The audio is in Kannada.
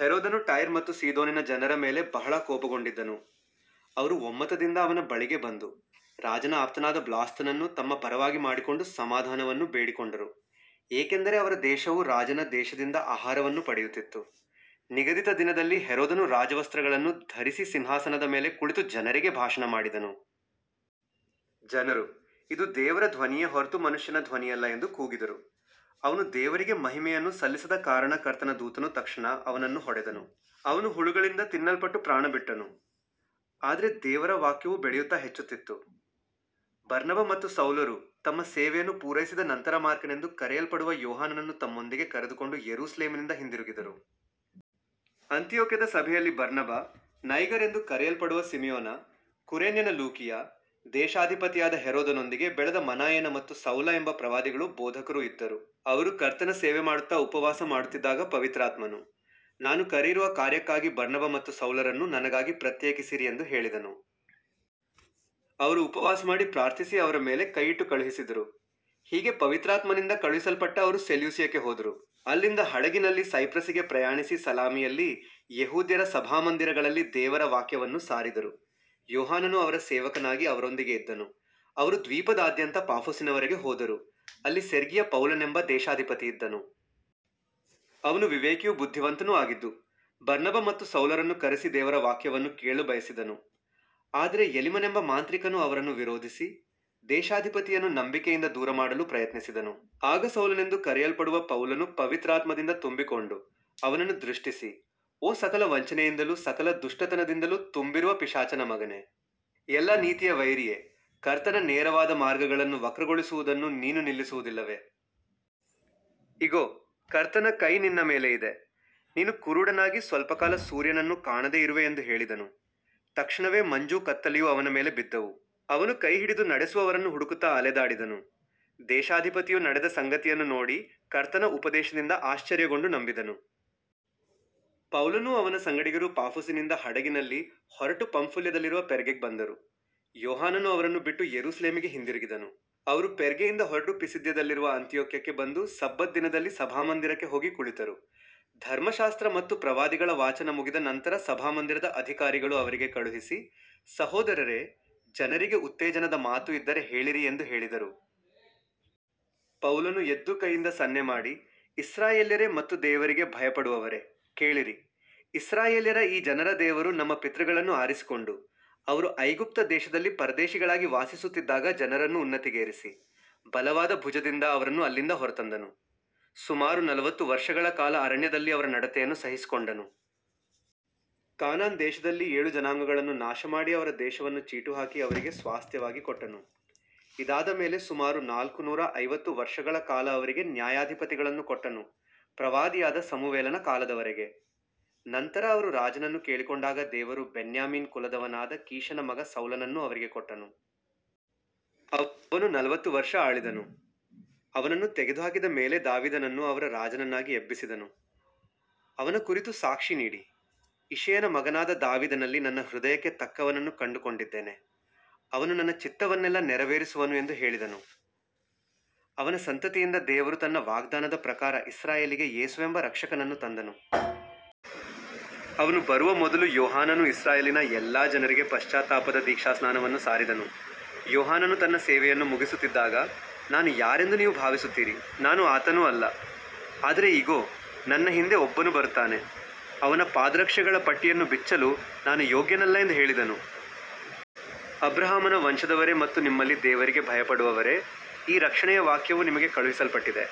ಹೆರೋದನು ಟೈರ್ ಮತ್ತು ಸೀದೋನಿನ ಜನರ ಮೇಲೆ ಬಹಳ ಕೋಪಗೊಂಡಿದ್ದನು. ಅವರು ಒಮ್ಮತದಿಂದ ಅವನ ಬಳಿಗೆ ಬಂದು, ರಾಜನ ಆಪ್ತನಾದ ಬ್ಲಾಸ್ತನನ್ನು ತಮ್ಮ ಪರವಾಗಿ ಮಾಡಿಕೊಂಡು ಸಮಾಧಾನವನ್ನು ಬೇಡಿಕೊಂಡರು, ಏಕೆಂದರೆ ಅವರ ದೇಶವು ರಾಜನ ದೇಶದಿಂದ ಆಹಾರವನ್ನು ಪಡೆಯುತ್ತಿತ್ತು. ನಿಗದಿತ ದಿನದಲ್ಲಿ ಹೆರೋದನು ರಾಜವಸ್ತ್ರಗಳನ್ನು ಧರಿಸಿ ಸಿಂಹಾಸನದ ಮೇಲೆ ಕುಳಿತು ಜನರಿಗೆ ಭಾಷಣ ಮಾಡಿದನು. ಜನರು, ಇದು ದೇವರ ಧ್ವನಿಯೇ ಹೊರತು ಮನುಷ್ಯನ ಧ್ವನಿಯಲ್ಲ ಎಂದು ಕೂಗಿದರು. ಅವನು ದೇವರಿಗೆ ಮಹಿಮೆಯನ್ನು ಸಲ್ಲಿಸದ ಕಾರಣ ಕರ್ತನ ದೂತನು ತಕ್ಷಣ ಅವನನ್ನು ಹೊಡೆದನು. ಅವನು ಹುಳುಗಳಿಂದ ತಿನ್ನಲ್ಪಟ್ಟು ಪ್ರಾಣಬಿಟ್ಟನು. ಆದರೆ ದೇವರ ವಾಕ್ಯವು ಬೆಳೆಯುತ್ತಾ ಹೆಚ್ಚುತ್ತಿತ್ತು. ಬರ್ನಬ ಮತ್ತು ಸೌಲರು ತಮ್ಮ ಸೇವೆಯನ್ನು ಪೂರೈಸಿದ ನಂತರ ಮಾರ್ಕನೆಂದು ಕರೆಯಲ್ಪಡುವ ಯೋಹಾನನನ್ನು ತಮ್ಮೊಂದಿಗೆ ಕರೆದುಕೊಂಡು ಯೆರೂಸಲೇಮಿನಿಂದ ಹಿಂದಿರುಗಿದರು. ಅಂತಿಯೋಕ್ಯದ ಸಭೆಯಲ್ಲಿ ಬರ್ನಬ, ನೈಗರ್ ಎಂದು ಕರೆಯಲ್ಪಡುವ ಸಿಮೆಯೋನ, ಕುರೇನ್ಯನ ಲೂಕಿಯ, ದೇಶಾಧಿಪತಿಯಾದ ಹೆರೋದನೊಂದಿಗೆ ಬೆಳೆದ ಮನಾಯೇನ ಮತ್ತು ಸೌಲ ಎಂಬ ಪ್ರವಾದಿಗಳೂ ಬೋಧಕರೂ ಇದ್ದರು. ಅವರು ಕರ್ತನ ಸೇವೆಮಾಡುತ್ತಾ ಉಪವಾಸ ಮಾಡುತ್ತಿದ್ದಾಗ ಪವಿತ್ರಾತ್ಮನು, ನಾನು ಕರೆಯಿರುವ ಕಾರ್ಯಕ್ಕಾಗಿ ಬರ್ನಬ ಮತ್ತು ಸೌಲರನ್ನು ನನಗಾಗಿ ಪ್ರತ್ಯೇಕಿಸಿರಿ ಎಂದು ಹೇಳಿದನು. ಅವರು ಉಪವಾಸಮಾಡಿ ಪ್ರಾರ್ಥಿಸಿ ಅವರ ಮೇಲೆ ಕೈಯಿಟ್ಟು ಕಳುಹಿಸಿದರು. ಹೀಗೆ ಪವಿತ್ರಾತ್ಮನಿಂದ ಕಳುಹಿಸಲ್ಪಟ್ಟ ಅವರು ಸೆಲ್ಯೂಸಿಯಕ್ಕೆ ಹೋದರು. ಅಲ್ಲಿಂದ ಹಡಗಿನಲ್ಲಿ ಸೈಪ್ರಸಿಗೆ ಪ್ರಯಾಣಿಸಿ ಸಲಾಮಿಯಲ್ಲಿ ಯೆಹೂದ್ಯರ ಸಭಾಮಂದಿರಗಳಲ್ಲಿ ದೇವರ ವಾಕ್ಯವನ್ನು ಸಾರಿದರು. ಯೋಹಾನನು ಅವರ ಸೇವಕನಾಗಿ ಅವರೊಂದಿಗೆ ಇದ್ದನು. ಅವರು ದ್ವೀಪದಾದ್ಯಂತ ಪಾಫೊಸಿನವರೆಗೆ ಹೋದರು. ಅಲ್ಲಿ ಸೆರ್ಗಿಯ ಪೌಲನೆಂಬ ದೇಶಾಧಿಪತಿಯಿದ್ದನು. ಅವನು ವಿವೇಕಿಯೂ ಬುದ್ಧಿವಂತನೂ ಆಗಿದ್ದು, ಬರ್ನಬ ಮತ್ತು ಸೌಲರನ್ನು ಕರೆಸಿ ದೇವರ ವಾಕ್ಯವನ್ನು ಕೇಳಲು ಬಯಸಿದನು. ಆದರೆ ಎಲಿಮನೆಂಬ ಮಾಂತ್ರಿಕನು ಅವರನ್ನು ವಿರೋಧಿಸಿ, ದೇಶಾಧಿಪತಿಯನ್ನು ನಂಬಿಕೆಯಿಂದ ದೂರಮಾಡಲು ಪ್ರಯತ್ನಿಸಿದನು. ಆಗ ಸೌಲನೆಂದು ಕರೆಯಲ್ಪಡುವ ಪೌಲನು ಪವಿತ್ರಾತ್ಮದಿಂದ ತುಂಬಿಕೊಂಡು ಅವನನ್ನು ದೃಷ್ಟಿಸಿ, ಓ ಸಕಲ ವಂಚನೆಯಿಂದಲೂ ಸಕಲ ದುಷ್ಟತನದಿಂದಲೂ ತುಂಬಿರುವ ಪಿಶಾಚನ ಮಗನೇ, ಎಲ್ಲಾ ನೀತಿಯ ವೈರಿಯೇ, ಕರ್ತನ ನೇರವಾದ ಮಾರ್ಗಗಳನ್ನು ವಕ್ರಗೊಳಿಸುವುದನ್ನು ನೀನು ನಿಲ್ಲಿಸುವುದಿಲ್ಲವೇ. ಇಗೋ, ಕರ್ತನ ಕೈ ನಿನ್ನ ಮೇಲೆ ಇದೆ. ನೀನು ಕುರುಡನಾಗಿ ಸ್ವಲ್ಪಕಾಲ ಸೂರ್ಯನನ್ನು ಕಾಣದೆ ಇರುವೆ ಎಂದು ಹೇಳಿದನು. ತಕ್ಷಣವೇ ಮಂಜೂ ಕತ್ತಲೆಯೂ ಅವನ ಮೇಲೆ ಬಿದ್ದವು. ಅವನು ಕೈಹಿಡಿದು ನಡೆಸುವವರನ್ನು ಹುಡುಕುತ್ತಾ ಅಲೆದಾಡಿದನು. ದೇಶಾಧಿಪತಿಯು ನಡೆದ ಸಂಗತಿಯನ್ನು ನೋಡಿ ಕರ್ತನ ಉಪದೇಶದಿಂದ ಆಶ್ಚರ್ಯಗೊಂಡು ನಂಬಿದನು. ಪೌಲನೂ ಅವನ ಸಂಗಡಿಗರೂ ಪಾಫೊಸಿನಿಂದ ಹಡಗಿನಲ್ಲಿ ಹೊರಟು ಪಂಫುಲ್ಯದಲ್ಲಿರುವ ಪೆರ್ಗೆಗೆ ಬಂದರು. ಯೋಹಾನನು ಅವರನ್ನು ಬಿಟ್ಟು ಯೆರೂಸಲೇಮಿಗೆ ಹಿಂದಿರುಗಿದನು. ಅವರು ಪೆರ್ಗೆಯಿಂದ ಹೊರಟು ಪಿಸಿದ್ಯದಲ್ಲಿರುವ ಅಂತಿಯೋಕ್ಯಕ್ಕೆ ಬಂದು ಸಬ್ಬತ್ ದಿನದಲ್ಲಿ ಸಭಾಮಂದಿರಕ್ಕೆ ಹೋಗಿ ಕುಳಿತರು. ಧರ್ಮಶಾಸ್ತ್ರ ಮತ್ತು ಪ್ರವಾದಿಗಳ ವಾಚನ ಮುಗಿದ ನಂತರ ಸಭಾಮಂದಿರದ ಅಧಿಕಾರಿಗಳು ಅವರಿಗೆ ಕಳುಹಿಸಿ, ಸಹೋದರರೇ, ಜನರಿಗೆ ಉತ್ತೇಜನದ ಮಾತು ಇದ್ದರೆ ಹೇಳಿರಿ ಎಂದು ಹೇಳಿದರು. ಪೌಲನು ಎದ್ದು ಕೈಯಿಂದ ಸನ್ನೆಮಾಡಿ, ಇಸ್ರಾಯೇಲ್ಯರೇ ಮತ್ತು ದೇವರಿಗೆ ಭಯಪಡುವವರೇ, ಕೇಳಿರಿ. ಇಸ್ರಾಯೇಲ್ಯರ ಈ ಜನರ ದೇವರು ನಮ್ಮ ಪಿತೃಗಳನ್ನು ಆರಿಸಿಕೊಂಡು, ಅವರು ಐಗುಪ್ತ ದೇಶದಲ್ಲಿ ಪರದೇಶಿಗಳಾಗಿ ವಾಸಿಸುತ್ತಿದ್ದಾಗ ಜನರನ್ನು ಉನ್ನತಿಗೇರಿಸಿ, ಬಲವಾದ ಭುಜದಿಂದ ಅವರನ್ನು ಅಲ್ಲಿಂದ ಹೊರತಂದನು. ಸುಮಾರು ನಲವತ್ತು ವರ್ಷಗಳ ಕಾಲ ಅರಣ್ಯದಲ್ಲಿ ಅವರ ನಡತೆಯನ್ನು ಸಹಿಸಿಕೊಂಡನು. ಕಾನಾನ್ ದೇಶದಲ್ಲಿ ಏಳು ಜನಾಂಗಗಳನ್ನು ನಾಶಮಾಡಿ ಅವರ ದೇಶವನ್ನು ಚೀಟುಹಾಕಿ ಅವರಿಗೆ ಸ್ವಾಸ್ತ್ಯವಾಗಿ ಕೊಟ್ಟನು. ಇದಾದ ಮೇಲೆ ಸುಮಾರು ನಾಲ್ಕುನೂರ ಐವತ್ತು ವರ್ಷಗಳ ಕಾಲ ಅವರಿಗೆ ನ್ಯಾಯಾಧಿಪತಿಗಳನ್ನು ಕೊಟ್ಟನು, ಪ್ರವಾದಿಯಾದ ಸಮುವೇಲನ ಕಾಲದವರೆಗೆ. ನಂತರ ಅವರು ರಾಜನನ್ನು ಕೇಳಿಕೊಂಡಾಗ ದೇವರು ಬೆನ್ಯಾಮೀನ್ ಕುಲದವನಾದ ಕೀಷನ ಮಗ ಸೌಲನನ್ನು ಅವರಿಗೆ ಕೊಟ್ಟನು. ಅವನು ನಲವತ್ತು ವರ್ಷ ಆಳಿದನು. ಅವನನ್ನು ತೆಗೆದುಹಾಕಿದ ಮೇಲೆ ದಾವೀದನನ್ನು ಅವರ ರಾಜನನ್ನಾಗಿ ಎಬ್ಬಿಸಿದನು. ಅವನ ಕುರಿತು ಸಾಕ್ಷಿ ನೀಡಿ, ಇಷಯನ ಮಗನಾದ ದಾವೀದನಲ್ಲಿ ನನ್ನ ಹೃದಯಕ್ಕೆ ತಕ್ಕವನನ್ನು ಕಂಡುಕೊಂಡಿದ್ದೇನೆ, ಅವನು ನನ್ನ ಚಿತ್ತವನ್ನೆಲ್ಲ ನೆರವೇರಿಸುವನು ಎಂದು ಹೇಳಿದನು. ಅವನ ಸಂತತಿಯಿಂದ ದೇವರು ತನ್ನ ವಾಗ್ದಾನದ ಪ್ರಕಾರ ಇಸ್ರಾಯೇಲಿಗೆ ಯೇಸುವೆಂಬ ರಕ್ಷಕನನ್ನು ತಂದನು. ಅವನು ಬರುವ ಮೊದಲು ಯೋಹಾನನು ಇಸ್ರಾಯೇಲಿನ ಎಲ್ಲಾ ಜನರಿಗೆ ಪಶ್ಚಾತ್ತಾಪದ ದೀಕ್ಷಾಸ್ನಾನವನ್ನು ಸಾರಿದನು. ಯೋಹಾನನು ತನ್ನ ಸೇವೆಯನ್ನು ಮುಗಿಸುತ್ತಿದ್ದಾಗ, ನಾನು ಯಾರೆಂದು ನೀವು ಭಾವಿಸುತ್ತೀರಿ? ನಾನು ಆತನು ಅಲ್ಲ. ಆದರೆ ಇಗೋ, ನನ್ನ ಹಿಂದೆ ಒಬ್ಬನು ಬರುತ್ತಾನೆ. ಅವನ ಪಾದರಕ್ಷೆಗಳ ಪಟ್ಟಿಯನ್ನು ಬಿಚ್ಚಲು ನಾನು ಯೋಗ್ಯನಲ್ಲ ಎಂದು ಹೇಳಿದನು. ಅಬ್ರಹಾಮನ ವಂಶದವರೇ ಮತ್ತು ನಿಮ್ಮಲ್ಲಿ ದೇವರಿಗೆ ಭಯಪಡುವವರೇ, ಈ ರಕ್ಷಣೆಯ ವಾಕ್ಯವು ನಿಮಗೆ ಕಳುಹಿಸಲ್ಪಟ್ಟಿದೆ.